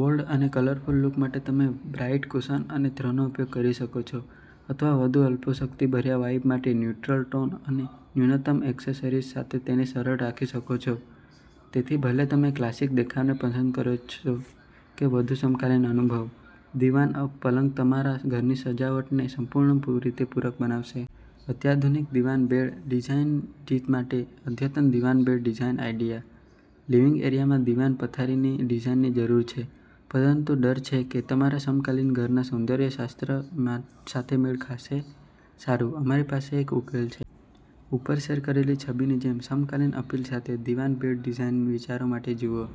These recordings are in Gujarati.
બોલ્ડ અને કલરફુલ લુક માટે તમે બ્રાઈટ કુશન અને થ્રોનો ઉપયોગ કરી શકો છો અથવા વધુ અલ્પોક્તિભર્યા વાઈબ માટે ન્યૂટ્રલ ટોન અને ન્યૂનતમ એક્સેસરીઝ સાથે તેને સરળ રાખી શકો છો. તેથી, ભલે તમે ક્લાસિક દેખાવને પસંદ કરો કે વધુ સમકાલીન અનુભવ, દીવાન પલંગ તમારા ઘરની સજાવટને સંપૂર્ણ રીતે પૂરક બનાવશે. અત્યાધુનિક દિવાન બેડ ડિઝાઇન જીત માટે અદ્યતન દિવાન બેડ ડિઝાઇન આઇડિયા! લિવિંગ એરિયામાં દીવાન પથારીની ડિઝાઈનની જરૂર છે, પરંતુ ડર છે કે તે તમારા સમકાલીન ઘરના સૌંદર્ય શાસ્ત્ર સાથે મેળખાશે? સારું, અમારી પાસે એક ઉકેલ છે! ઉપર શેર કરેલી છબીની જેમ સમકાલીન અપીલ સાથે દીવાન બેડ ડિઝાઇન વિચારો માટે જુઓ.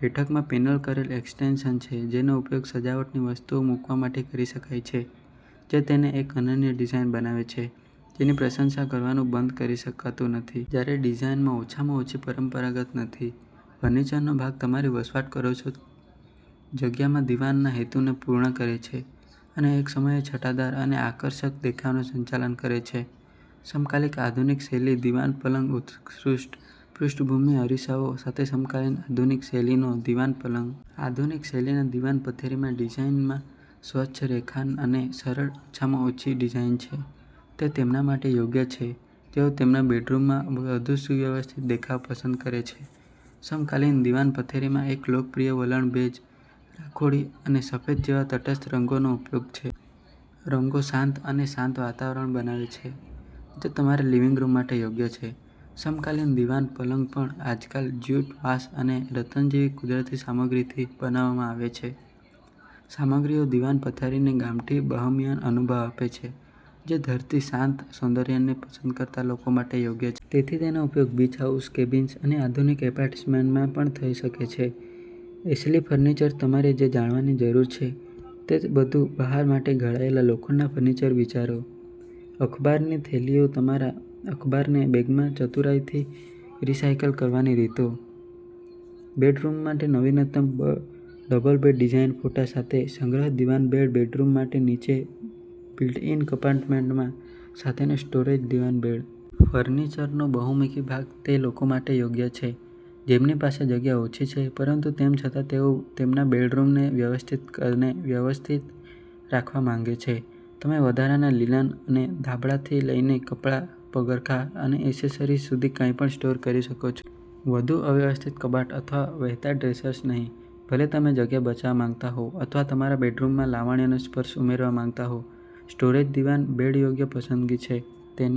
બેઠકમાં પેનલ કરેલ એક્સ્ટેંશન છે જેનો ઉપયોગ સજાવટની વસ્તુઓ મૂકવા માટે કરી શકાય છે જે તેને એક અનન્ય ડિઝાઇન બનાવે છે જેની પ્રશંસા કરવાનું બંધ કરી શકાતું નથી. જ્યારે ડિઝાઇન ઓછામાં ઓછી પરંપરાગત નથી, ફર્નિચરનોભાગ તમારી વસવાટ કરો છો જગ્યામાં દીવાનના હેતુને પૂર્ણ કરે છે અને એકસમયે છટાદાર અને આકર્ષક દેખાવાનું સંચાલન કરે છે! સમકાલીન આધુનિક શૈલી દીવાન પલંગ ઉત્કૃષ્ટ પૃષ્ઠભૂમિ અરીસાઓ સાથે સમકાલીન આધુનિક-શૈલીનો દીવાન પલંગ. આધુનિક-શૈલીના દીવાન પથારીમાં ડિઝાઇનમાં સ્વચ્છ રેખાઓ અને સરળ, ઓછામાં ઓછી ડિઝાઇન છે. તે તેમના માટે યોગ્ય છે જેઓ તેમના બેડરૂમમાં વધુ સુવ્યવસ્થિત દેખાવ પસંદ કરે છે. સમકાલીન દીવાન પથારીમાં એક લોકપ્રિય વલણ બેજ, રાખોડી અને સફેદ જેવા તટસ્થ રંગોનો ઉપયોગ છે. રંગો શાંત અને શાંત વાતાવરણ બનાવે છે, જે તમારા લિવિંગ રૂમ માટે યોગ્ય છે. સમકાલીન દીવાન પલંગ પણ આજકાલ જ્યુટ, વાંસ અને રતન જેવી કુદરતી સામગ્રીથી બનાવવામાં આવે છે. સામગ્રીઓ દીવાન પથારીને ગામઠી, બોહેમિયન અનુભવ આપે છે, જે ધરતી, શાંત સૌંદર્યને પસંદ કરતા લોકો માટે યોગ્ય છે. તેથી, તેનો ઉપયોગ બીચ હાઉસ, કેબિન્સ અને આધુનિક એપાર્ટમેન્ટ્સમાં પણ થઈ શકે છે. એશલી ફર્નિચરતમારે જે જાણવાની જરૂર છે તે બધું, બહાર માટે ઘડાયેલા લોખંડના ફર્નિચરના વિચારો, અખબારની થેલીઓતમારા અખબારને બેગમાં ચતુરાઈથી રિસાયકલ કરવાની રીતો, બેડરૂમ માટે નવીનતમ ડબલ બેડ ડિઝાઇનફોટા સાથે, સંગ્રહ દીવાન બેડ બેડરૂમ માટે નીચે બિલ્ટ-ઇન કમ્પાર્ટમેન્ટ સાથેનો સ્ટોરેજ દીવાન બેડ. ફર્નિચરનોબહુમુખી ભાગ તે લોકો માટે યોગ્ય છે જેમની પાસે જગ્યા ઓછી છે પરંતુ તેમ છતાં તેઓ તેમના બેડરૂમને વ્યવસ્થિત અને વ્યવસ્થિત રાખવા માંગે છે. તમે વધારાના લિનન અને ધાબળાથી લઈને કપડાં, પગરખાં અને એસેસરીઝ સુધી કંઈપણ સ્ટોર કરી શકો છો. વધુ અવ્યવસ્થિત કબાટ અથવા વહેતા ડ્રેસર્સ નહીં! ભલે તમે જગ્યા બચાવવા માંગતા હોવ અથવા તમારા બેડરૂમમાં લાવણ્યનો સ્પર્શ ઉમેરવા માંગતા હો, સ્ટોરેજ દીવાન બેડયોગ્ય પસંદગી છે. તેની